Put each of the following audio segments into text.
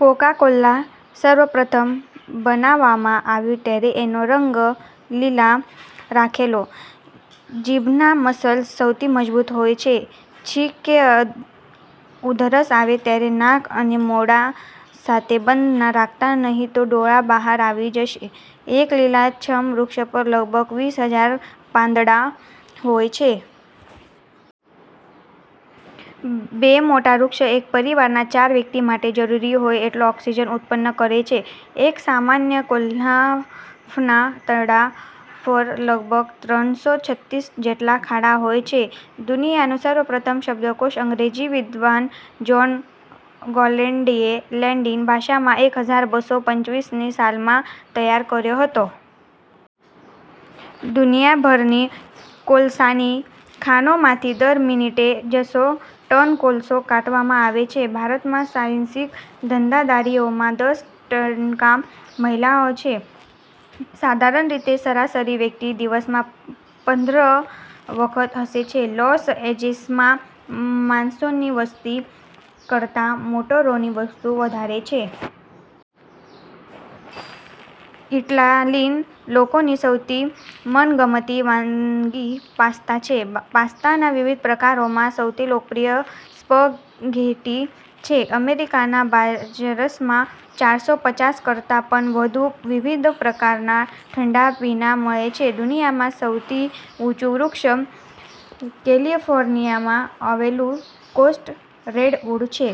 Coca Cola સૌપ્રથમ બનાવાયેલું ત્યારે એનો રંગ લીલો રાખેલો. જીભનાં મસલ્સ સૌથી મજબૂત હોય છે. છીંક કે ઉધરસ આવે ત્યારે નાક અને મોં સાથે બંધ ન રાખતા નહીં તો ડોળા બહાર આવી જશે. એક લીલાછમ્મ વૃક્ષ પર લગભગ વીસહજાર પાંદડાં હોય છે. બે મોટા વૃક્ષ એક પરિવારના ચાર વ્યક્તિ માટે જરૂરી હોય એટલો ઑક્સિજન ઉત્પન્ન કરે છે. એક સામાન્ય ગોલ્ફના દડા પર લગભગ ત્રણસો છત્રીસ જેટલા ખાડા હોય છે. દુનિયાનો સૌપ્રથમ શબ્દકોષ અંગ્રેજી વિદ્વાન જોન ગોલેન્ડે લેટિન ભાષામાં એક હજાર બસો પચીસ ની સાલમાં તૈયાર કર્યો હતો. દુનિયાભરની કોલસાની ખાણોમાંથી દર મિનિટે છસો ટન કોલસો કાઢવામાં આવે છે. ભારતમાં સાહસિક ધંધાદારીઓમાં દસ ટકા મહિલાઓ છે. સાધારણ રીતે સરેરાશ વ્યક્તિ દિવસમાં પંદર વખત હસે છે. લૉસ ઍજલિસમાં માણસોની વસ્તિ કરતાં મોટરોની વસ્તિ વધારે છે. ઈટાલીના લોકોની સૌથી મનગમતી વાનગી 'પાસ્તા' છે. પાસ્તાના વિવિધ પ્રકારોમાં સૌથી લોકપ્રિય સ્પગેટી છે. અમેરિકાના બજારમાં ચારસો પચાસ કરતા પણ વધુ વિવિધ પ્રકારના ઠંડા પીણા મળે છે. દુનિયામાં સૌથી ઊંચું વૃક્ષ કેલિફોર્નિયામાં આવેલું કોસ્ટ રેડ્વૂડ છે.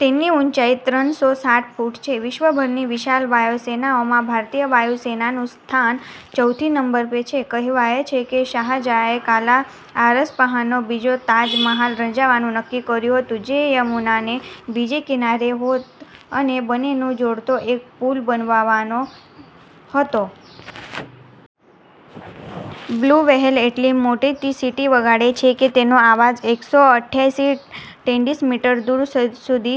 તેની ઊંચાઈ ત્રણસો સાઠ ફૂટ છે. વિશ્વભરની વિશાળ વાયુસેનાઓમાં ભારતીય વાયુસેનાનું સ્થાન ચોથા નંબરે છે. કહેવાય છે કે શાહજહાએ કાળા આરસપહાણનો બીજો તાજ મહાલ રચવાનું નક્કી કર્યું હતું જે યમુનાને બીજે કિનારે હોત અને બંને ને જોડતો એક પુલ બનાવવાનો હતો. બ્લુ વ્હેલ એટલી મોટેથી સીટી વગાડે છે કે તેનો અવાજ એકસો અઠ્ઠયાસી ડેસી મીટર દૂર સુધી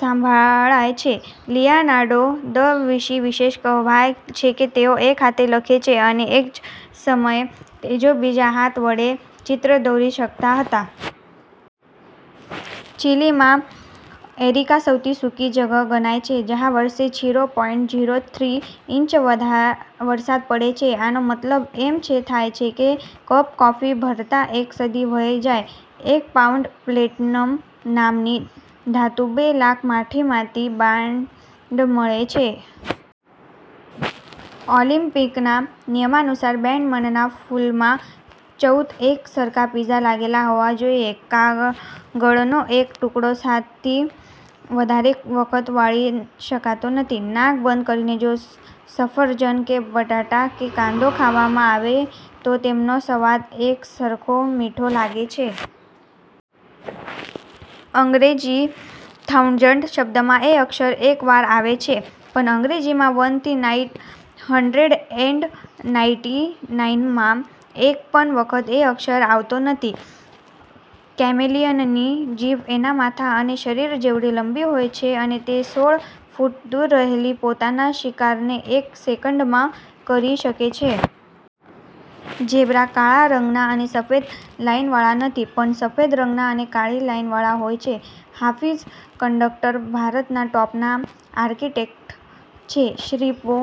સંભળાય છે. લિયોનાર્ડો દ વિંશી વિષે કહેવાય છે કે તેઓ એક હાથે લખે છે, અને એજ સમયે તેઓ બીજા હાથ વડે ચિત્ર દોરી શકતા હતા. ચીલીમાં એરિકા સૌથી સૂકી જ્ગ્યા ગણાય છે જ્યાં વરસે zero point zero three inch વરસાદ પડે છે. આનો મતલબ એમ થાય કે એક કપ કોફીનો ભરાતા એક સદી વહી જાય. એક પાઉંડ પ્લેટિનમ નામની ધાતુ બે લાખ માટીમાંથી માંડ મળે છે. ઑલંપિકના નિયમાનુસાર બેડમિગ્ટનના ફૂલમાં ચૌદ એક સરખા પીંછા લાગેલા હોવા જોઈએ. કાગળનો એક ટુકડો સાત થી વધારે વખત વાળી શકાતો નથી. નાક બંધ કરીને જો સફરજન કે બટાટું કે કાંદો ખાવામાં આવે તો તેમનો સ્વાદ એકસરખો મીઠો લાગે છે. અંગ્રેજી થાઉસંડ શબ્દમાં એ અક્ષર એક વાર આવે છે પણ અંગ્રેજીમાં વનથી નાઈન હડ્રેડ એંડ નાઈટી નાઈનમાં એકપણ વખત એ અક્ષર આવતો નથી. કેમેલિયનની જીભ એના માથા અને શરીર જેટલી લાંબી હોય છે અને તે સોળ ફૂટ દૂર રહેલો પોતાનો શિકાર એક સેકંડમાં કરી શકે છે. ઝેબ્રા કાળા રંગના અને સફેદ લાઈનવાળા નથી પણ સફેદ રંગના અને કાળી લાઈનવાળા હોય છે. હાફીઝ કંડકટર ભારતનાં ટોચના આર્કિટેક્ટ છે. શ્રી પુ.